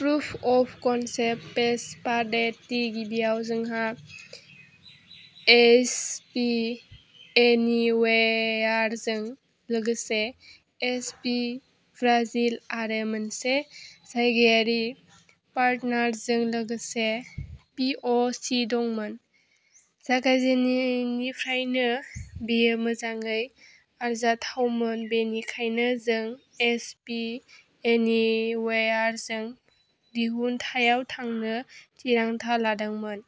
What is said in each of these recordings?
Proof of concept phase पाडेटि गिबियाव जोंहा एइच पि एनिवेयारजों लोगोसे एइच पि ब्राजिल आरो मोनसे जायगायारि पार्टनारजों लोगोसे पि अ सि दंमोन। जागायजेन्नायनिफ्रायनो बेयो मोजाङै आरजाथावमोन बेनिखायनो जों एच पि एनिवेयारजों दिहुनथायाव थांनो थिरांथा लादोंमोन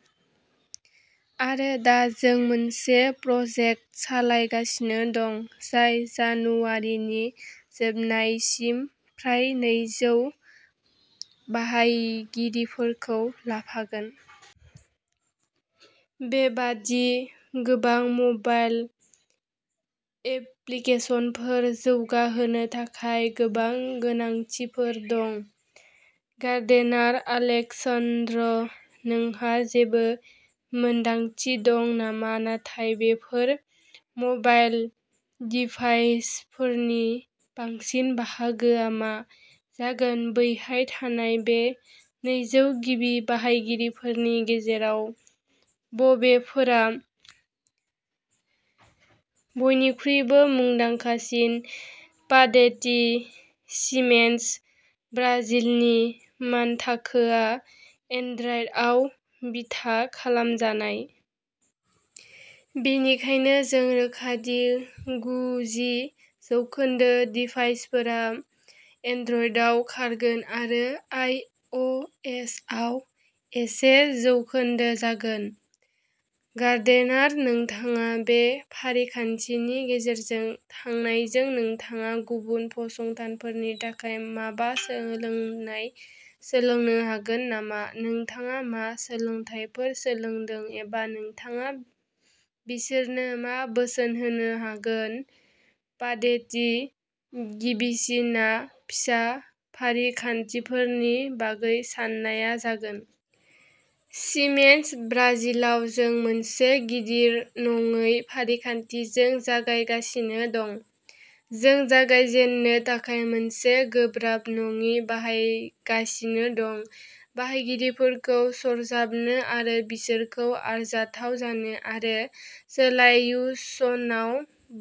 आरो दा जों मोनसे प्रजेक्ट सालायगासिनो दं जाय जानुवारिनि जोबनायसिम फ्राय नैजौ बाहायगिरिफोरखौ लाफागोन। बेबादि गोबां मबाइल एप्लिकेसनफोर जौगाहोनो थाखाय गोबां गोनांथिफोर दं गार्डेनार आलेक्सान्द्र नोंहा जेबो मोनदांथि दं नामा नाथाय बेफोर मबाइल डिभाइसफोरनि बांसिन बाहागोआ मा जागोन बैहाय थानाय बे नैजौ गिबि बाहायगिरिफोरनि गेजेराव बबेफोरा बयनिख्रुइबो मुंदांखासिन पाडेति सिमेन्स ब्राजिलनि मानथाखोआ एन्ड्रइडआव बिथा खालामजानाय। बेनिखायनो जों रोखा दि गुजि जौखोन्दो डिभाइसफोरा एन्ड्रइडआव खारगोन आरो आइ अ एस आव एसे जौखोन्दो जागोन। गार्डेनार नोंथाङा बे फारिखान्थिनि गेजेरजों थांनायजों नोंथाङा गुबुन फसंथानफोरनि थाखाय माबा सोंलोंनाय सोलोंनो हागोन नामा नोंथाङा मा सोलोंथायफोर सोलोंदों एबा नोंथाङा बिसोरनो मा बोसोन होनो हागोन पाडेटि गिबिसिनआ फिसा फारिखान्थिफोरनि बागै साननाया जागोन। सिमेन्स ब्राजिलाव जों मोनसे गिदिर नङै फारिखान्थिजों जागायगासिनो दं। जों जागायजेननो थाखाय मोनसे गोब्राब नङि बाहायगासिनो दं बाहायगिरिफोरखौ सरजाबनो आरो बिसोरखौ आरजाथाव जानो आरो सोलायुशनाव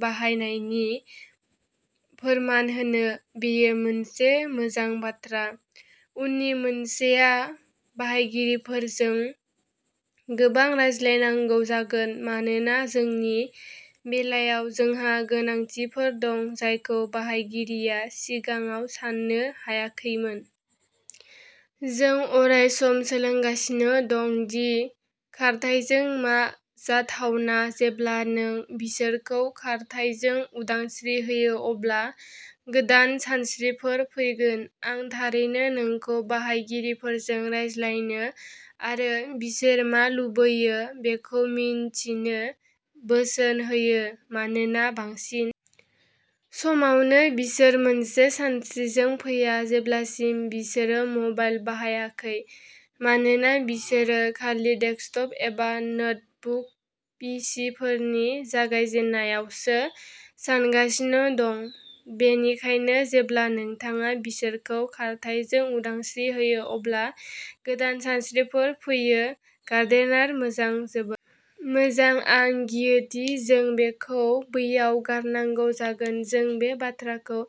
बाहायनायनि फोरमान होनो बेयो मोनसे मोजां बाथ्रा उननि मोनसेआ बाहायगिरिफोरजों गोबां रायज्लायनांगौ जागोन मानोना जोंनि बेलायाव जोंहा गोनांथिफोर दं जायखौ बाहायगिरिया सिगाङाव साननो हायाखैमोन। जों अरायसम सोलोंगासिनो दं दि खारथाइजों मा जाथावना जेब्ला नों बिसोरखौ खारथाइजों उदांस्रि होयो अब्ला गोदान सानस्रिफोर फैगोन आं थारैनो नोंखौ बाहायगिरिफोरजों रायज्लायनो आरो बिसोर मा लुबैयो बेखौ मिन्थिनो बोसोन होयो मानोना बांसिन समावनो बिसोर मोनसे सानस्रिजों फैया जेब्लासिम बिसोरो मबाइल बाहायाखै मानोना बिसोरो खालि डेस्कटप एबा नोटबुक पिसिफोरनि जागायजेननायावसो सानगासिनो दं बेनिखायनो जेब्ला नोंथाङा बिसोरखौ खारथाइजों उदांस्रि होयो अब्ला गोदान सानस्रिफोर फैयो गार्डेनार मोजां जोबोद मोजां आं गियोदि जों बेखौ बैयाव गारनांगौ जागोन जों बे बाथ्राखौ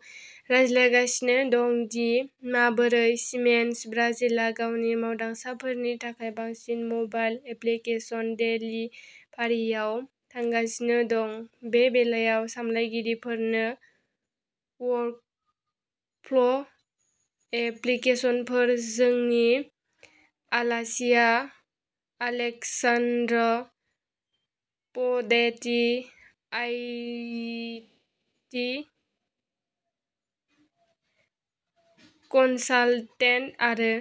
रायज्लायगासिनो दं दि माबोरै सिमेन्स ब्राजिलआ गावनि मावदांसाफोरनि थाखाय बांसिन मबाइल एप्लिकेसन देलिभारिआव थांगासिनो दं बे बेलायाव सामलायगिरिफोरनो वर्कफ्ल'एप्लिकेसनफोर जोंनि आलासिआ आलेक्सान्द्र पडेति आईटी कनसालटेन्ट आरो